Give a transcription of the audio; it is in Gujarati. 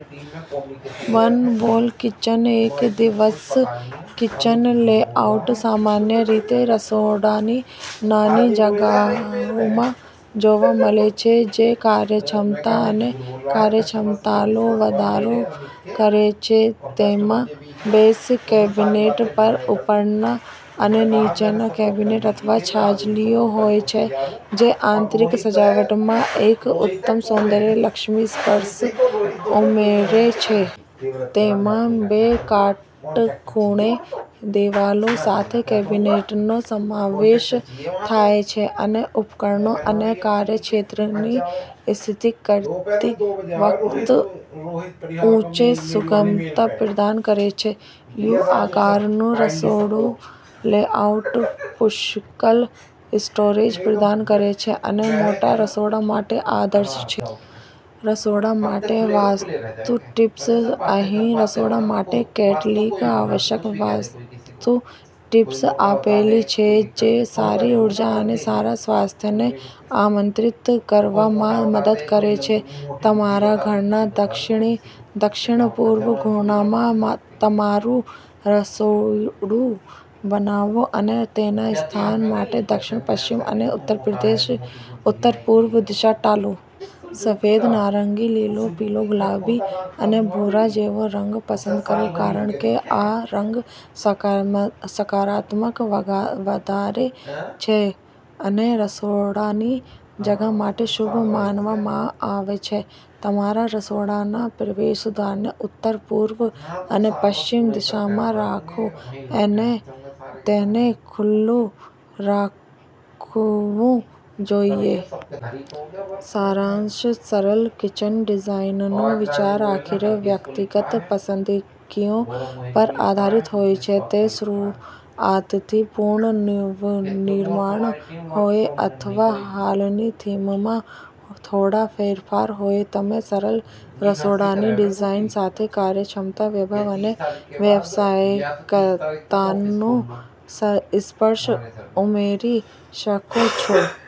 વન-વોલ કિચન એક-દિવાલ કિચન લેઆઉટ સામાન્ય રીતે રસોડાની નાની જગ્યાઓમાં જોવા મળે છે જે કાર્યક્ષમતા અને કાર્યક્ષમતામાં વધારો કરે છે. તેમાં બેઝ કેબિનેટ પર ઉપલા અને નીચલા કેબિનેટ અથવા છાજલીઓ છે, જે આંતરિકમાં એક ઉત્તમ સૌંદર્યલક્ષી ઉમેરે છે. તેમાં બે કાટખૂણે દિવાલો સાથે કેબિનેટનો સમાવેશ થાય છે અને ઉપકરણો અને કાર્યક્ષેત્રની સ્થિતિ કરતી વખતે ઉચ્ચ સુગમતા પ્રદાન કરે છે. યુ-આકારનું રસોડુંલેઆઉટ પુષ્કળ સ્ટોરેજ પ્રદાન કરે છે અને મોટા રસોડા માટે આદર્શ છે. રસોડા માટે વાસ્તુ ટિપ્સ અહીં રસોડા માટે કેટલીક આવશ્યક વાસ્તુ ટિપ્સ છે જે સારી ઉર્જા અને સારા સ્વાસ્થ્યને આમંત્રિત કરવામાં મદદ કરે છેતમારા ઘરના દક્ષિણ-પૂર્વ ખૂણામાં તમારું રસોડું બનાવો અને તેના સ્થાન માટે દક્ષિણ-પશ્ચિમ અને ઉત્તર-પૂર્વ દિશા ટાળો. સફેદ, નારંગી, લીલો, પીળો, ગુલાબી અને ભૂરા જેવા રંગો પસંદ કરો કારણ કેરંગો સકારાત્મકતા વધારે છે અને રસોડાની જગ્યાઓ માટે શુભ માનવામાં આવે છે. તમારા રસોડાના પ્રવેશદ્વારને ઉત્તર, પૂર્વ અને પશ્ચિમ દિશામાં રાખો અને તેને ખુલ્લું રાખવું જોઈએ. સારાંશસરળ કિચન ડિઝાઇન્સ રસોડાની ડિઝાઇનનો વિચાર આખરે વ્યક્તિગત પસંદગીઓ પર આવે છે. તે શરૂઆતથી સંપૂર્ણ નવનિર્માણ હોય અથવા હાલની થીમમાં થોડા ફેરફારો હોય, તમેસરળ રસોડાની ડિઝાઇન સાથે કાર્યક્ષમતા, વૈભવી અને વ્યાવસાયિકતાનો સ્પર્શ ઉમેરી શકો છો.